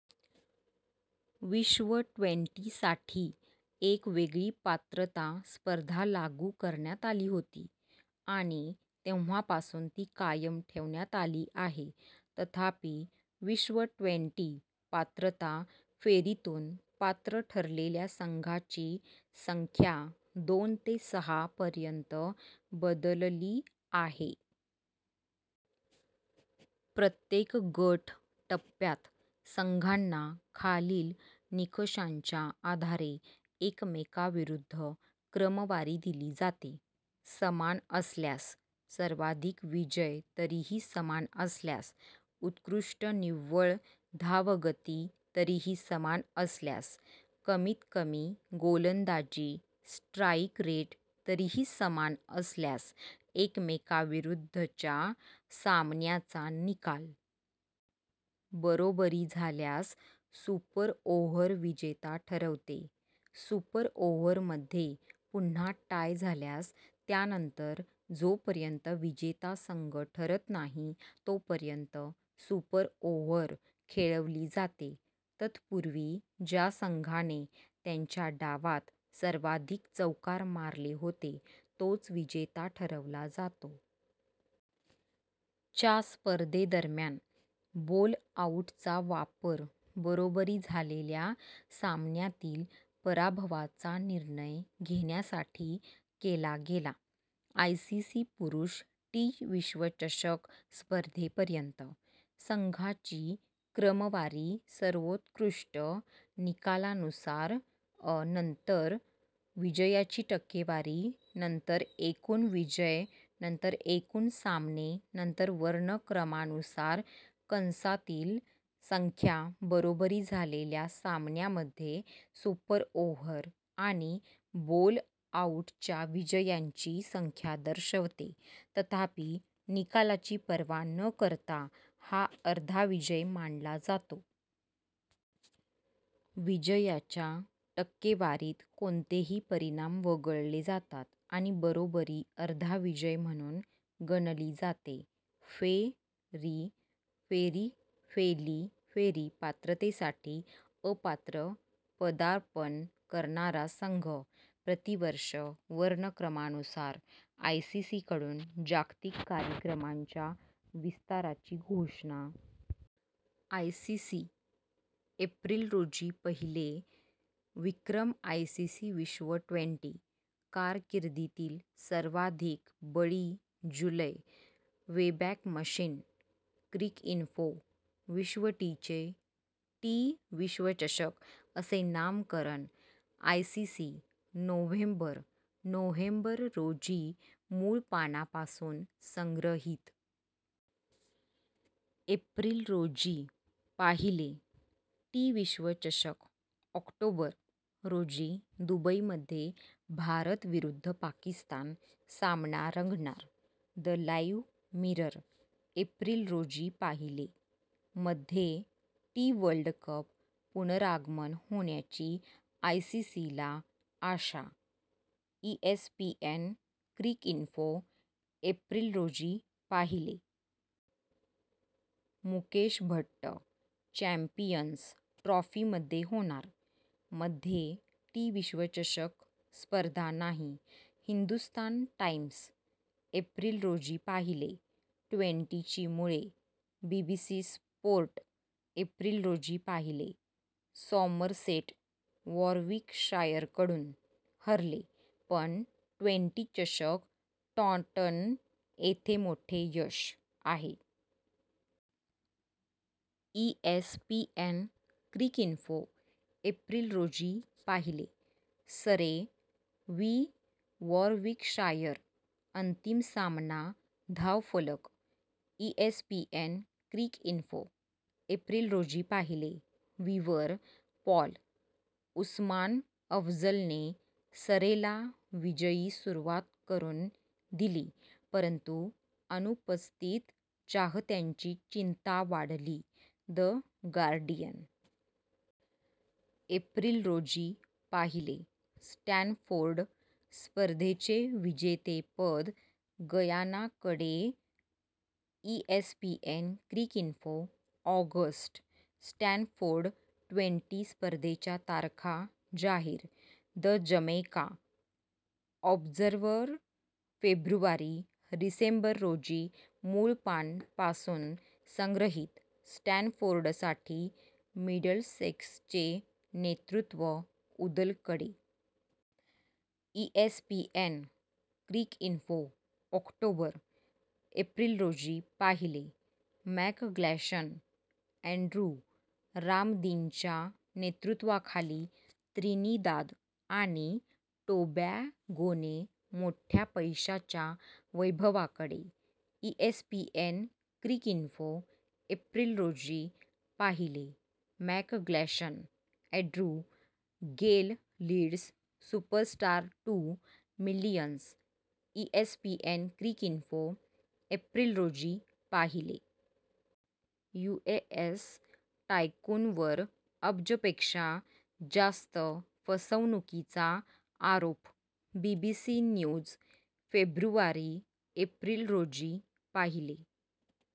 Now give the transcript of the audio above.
विश्व ट्वेंटी साठी एक वेगळी पात्रता स्पर्धा लागू करण्यात आली होती आणि तेव्हापासून ती कायम ठेवण्यात आली आहे. तथापि, विश्व ट्वेंटी पात्रता फेरीतून पात्र ठरलेल्या संघांची संख्या दोन ते सहा पर्यंत बदलली आहे. प्रत्येक गट टप्प्यात, संघांना खालील निकषांच्या आधारे एकमेकांविरुद्ध क्रमवारी दिली जाते: समान असल्यास, सर्वाधिक विजय तरीही समान असल्यास, उत्कृष्ट निव्वळ धावगती तरीही समान असल्यास, कमीत कमी गोलंदाजी स्ट्राईक रेट तरीही समान असल्यास, एकमेकांविरुद्धच्या सामन्याचा निकाल. बरोबरी झाल्यास, सुपर ओव्हर विजेता ठरवते. सुपर ओव्हरमध्ये पुन्हा टाय झाल्यास, त्यानंतर जोपर्यंत विजेता संघ ठरत नाही तोपर्यंत सुपर ओव्हर खेळवली जाते. तत्पूर्वी, ज्या संघाने त्यांच्या डावात सर्वाधिक चौकार मारले होते तोच विजेता ठरवला जातो. च्या स्पर्धेदरम्यान, बोल-आउटचा वापर बरोबरी झालेल्या सामन्यातील पराभवाचा निर्णय घेण्यासाठी केला गेला. आयसीसी पुरुष टी विश्वचषक स्पर्धेपर्यंत. संघांची क्रमवारी सर्वोत्कृष्ट निकालानुसार, नंतर विजयाची टक्केवारी, नंतर एकूण विजय, नंतर एकूण सामने, नंतर वर्णक्रमानुसार: कंसातील संख्या बरोबरी झालेल्या सामन्यांमध्ये सुपर ओव्हर आणि बोल-आउटच्या विजयांची संख्या दर्शवते, तथापि निकालाची पर्वा न करता हा अर्धा विजय मानला जातो. विजयाच्या टक्केवारीत कोणतेही परिणाम वगळले जातात आणि बरोबरी अर्धा विजय म्हणून गणली जाते. फे — री फेरी फे — ली फेरी — पात्रतेसाठी अपात्र पदार्पण करणारा संघ, प्रतिवर्ष वर्णक्रमानुसार. ^ "आयसीसीकडून जागतिक कार्यक्रमांच्या विस्ताराची घोषणा". आयसीसी. एप्रिल रोजी पाहिले. ^ विक्रम – आयसीसी विश्व ट्वेन्टी – कारकिर्दीतील सर्वाधिक बळी जुलै, वेबॅक मशीन. क्रिकइन्फो ^ "विश्व टी चे टी विश्वचषक असे नामकरण". आयसीसी. नोव्हेंबर. नोव्हेंबर रोजी मूळ पानापासून संग्रहित. एप्रिल रोजी पाहिले. ^ "टी विश्वचषक: ऑक्टोबर रोजी दुबईमध्ये भारत विरुद्ध पाकिस्तान सामनारंगणार". द लाईव्ह मिरर.. एप्रिल रोजी पाहिले. ^" मध्ये टी- वर्ल्डकप पुनरागमन होण्याची आयसीसीला आशा". ESPN Cricinfo. एप्रिल रोजी पाहिले. ^ मुकेश भट्ट. "चॅम्पियन्स ट्रॉफी मध्ये होणार, मध्ये टी विश्वचषक स्पर्धा नाही". हिंदुस्थान टाइम्स. एप्रिल रोजी पाहिले. ^ "ट्वेंटी ची मुळे". BBC Sport. एप्रिल रोजी पाहिले. ^ "सॉमरसेट वॉरविकशायरकडून हरले पण ट्वेन्टी चषक टॉंटन येथे मोठे यश आहे". ESPN Cricinfo. एप्रिल रोजी पाहिले. ^ "सरे वि वॉरविकशायर अंतिम सामना धावफलक". ESPN Cricinfo. एप्रिल रोजी पाहिले. ^ विवर, पॉल. "उस्मान अफझलने सरेला विजयी सुरुवात करून दिली परंतु अनुपस्थित चाहत्यांची चिंता वाढली". The Guardian. एप्रिल रोजी पाहिले. ^ "स्टॅनफोर्ड / स्पर्धेचे विजेतेपद गयानाकडे". ESPN Cricinfo. August. ^ "Stanford twenty स्पर्धेच्या तारखा जाहीर". The Jamaica Observer. February. December रोजी मूळ पान पासून संग्रहित. ^ "स्टॅनफोर्डसाठी मिडलसेक्सचे नेतृत्व उदलकडे". ESPN Cricinfo. ऑक्टोबर. एप्रिल रोजी पाहिले. ^ मॅकग्लॅशन, अँड्रू. "रामदिनच्या नेतृत्वाखाली त्रिनिदाद आणि टोबॅगोने मोठ्या पैशाच्या वैभवाकडे". ESPN Cricinfo. एप्रिल रोजी पाहिले. ^ McGlashan, Andrew. "Gayle leads superstars to millions". ESPN Cricinfo. April रोजी पाहिले. ^ "यूएस टायकूनवर अब्जपेक्षा जास्त फसवणुकीचा आरोप". BBC News. फेब्रुवारी. एप्रिल रोजी पाहिले.